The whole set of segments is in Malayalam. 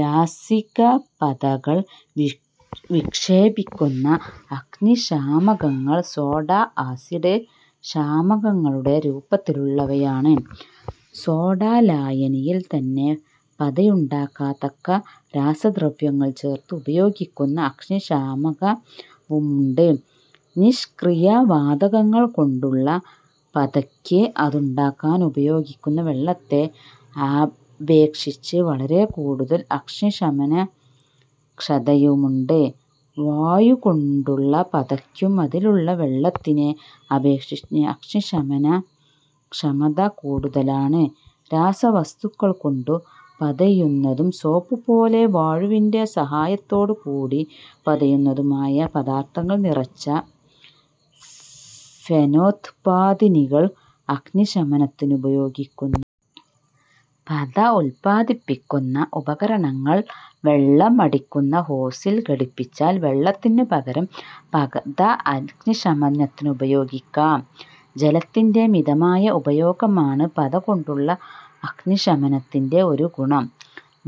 രാസികപ്പതകൾ വിക്ഷേപിക്കുന്ന അഗ്നിശാമകങ്ങൾ സോഡാ-ആസിഡ് ശാമകങ്ങളുടെ രൂപത്തിലുള്ളവയാണ്. സോഡാലായനിയിൽ തന്നെ പതയുണ്ടാകത്തക്ക രാസദ്രവ്യങ്ങൾ ചേർത്ത് ഉപയോഗിക്കുന്ന അഗ്നിശാമകവുമുണ്ട്. നിഷ്ക്രിയവാതകങ്ങൾകൊണ്ടുള്ള പതയ്ക്ക് അതുണ്ടാക്കാനുപയോഗിക്കുന്ന വെള്ളത്തെ അപേക്ഷിച്ച് വളരെക്കൂടുതൽ അഗ്നിശമനക്ഷമതയുണ്ട്. വായുകൊണ്ടുള്ള പതയ്ക്കും അതിലുള്ള വെള്ളത്തിനെ അപേക്ഷിച്ച് അഗ്നിശമനക്ഷമത കൂടുതലാണ്. രാസവസ്തുക്കൾക്കൊണ്ടു പതയുന്നതും സോപ്പുപോലെ വായുവിന്റെ സഹായത്തോടുകൂടി പതയുന്നതും ആയ പദാർഥങ്ങൾ നിറച്ച 'ഫേനോത്പാദിനികൾ' അഗ്നിശമനത്തിനുപയോഗിക്കുന്നു. പത ഉത്പാദിപ്പിക്കുന്ന ഉപകരണങ്ങൾ വെള്ളം അടിക്കുന്ന ഹോസിൽ ഘടിപ്പിച്ചാൽ വെള്ളത്തിനുപകരം പത അഗ്നിശമനത്തിനുപയോഗിക്കാം. ജലത്തിന്റെ മിതമായ ഉപയോഗമാണ് പതകൊണ്ടുള്ള അഗ്നിശമനത്തിന്റെ ഒരു ഗുണം;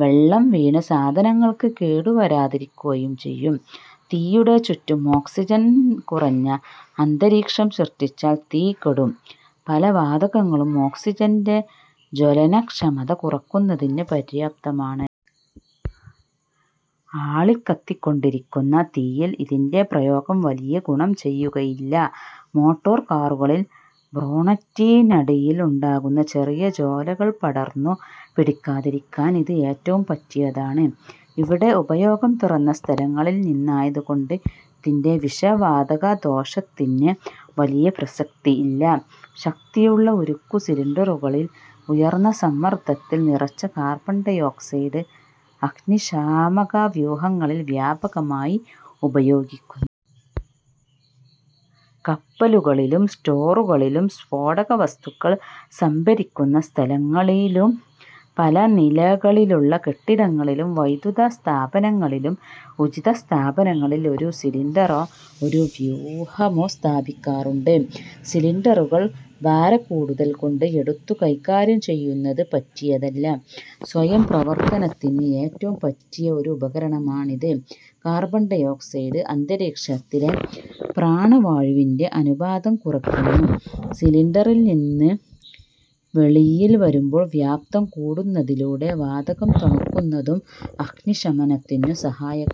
വെള്ളം വീണ് സാധനങ്ങൾക്ക് കേടുവരാതിരിക്കുകയും ചെയ്യും. തീയുടെ ചുറ്റും ഓക്സിജൻ കുറഞ്ഞ അന്തരീക്ഷം സൃഷ്ടിച്ചാൽ തീ കെടും. പല വാതകങ്ങളും ഓക്സിജന്റെ ജ്വലനക്ഷമത കുറയ്ക്കുന്നതിന് പര്യാപ്തമാണ്. ആളിക്കത്തിക്കൊണ്ടിരിക്കുന്ന തീയിൽ ഇതിന്റെ പ്രയോഗം വലിയ ഗുണം ചെയ്യുകയില്ല. മോട്ടോർ കാറുകളിൽ ബോണറ്റിനടിയിൽ ഉണ്ടാകുന്ന ചെറിയ ജ്വാലകൾ പടർന്നുപിടിക്കാതിരിക്കാൻ ഇത് ഏറ്റവും പറ്റിയതാണ്. ഇവിടെ ഉപയോഗം തുറന്ന സ്ഥലങ്ങളിൽനിന്നായതുകൊണ്ട് ഇതിന്റെ വിഷവാതകത്വദോഷത്തിന് വലിയ പ്രസക്തിയില്ല. ശക്തിയുള്ള ഉരുക്കുസിലിണ്ടറുകളിൽ ഉയർന്ന സമ്മർദത്തിൽ നിറച്ച കാർബൺഡൈഓക്സൈഡ് അഗ്നിശാമകവ്യൂഹങ്ങളിൽ വ്യാപകമായി ഉപയോഗിക്കുന്നു. കപ്പലുകളിലും സ്റ്റോറുകളിലും സ്ഫോടകവസ്തുക്കൾ സംഭരിക്കുന്ന സ്ഥലങ്ങളിലും, പല നിലകളിലുള്ള കെട്ടിടങ്ങളിലും, വൈദ്യുതസ്ഥാപനങ്ങളിലും ഉചിതസ്ഥാനങ്ങളിൽ ഒരു സിലിണ്ടറോ, ഒരു വ്യൂഹമോ സ്ഥാപിക്കാറുണ്ട്. സിലിണ്ടറുകൾ ഭാരക്കൂടുതൽകൊണ്ട് എടുത്തു കൈകാര്യം ചെയ്യുന്നതിന് പറ്റിയതല്ല. സ്വയം പ്രവർത്തനത്തിന് ഏറ്റവും പറ്റിയ ഒരു ഉപകരണമാണിത്. കാർബൺഡൈഓക്സൈഡ് അന്തരീക്ഷത്തിലെ പ്രാണവായുവിന്റെ അനുപാതം കുറയ്ക്കുന്നു. സിലിണ്ടറിൽനിന്ന് വെളിയിൽ വരുമ്പോൾ വ്യാപ്തം കൂടുന്നതിലൂടെ വാതകം തണുക്കുന്നതും അഗ്നിശമനത്തിനു സഹായകമാണ്.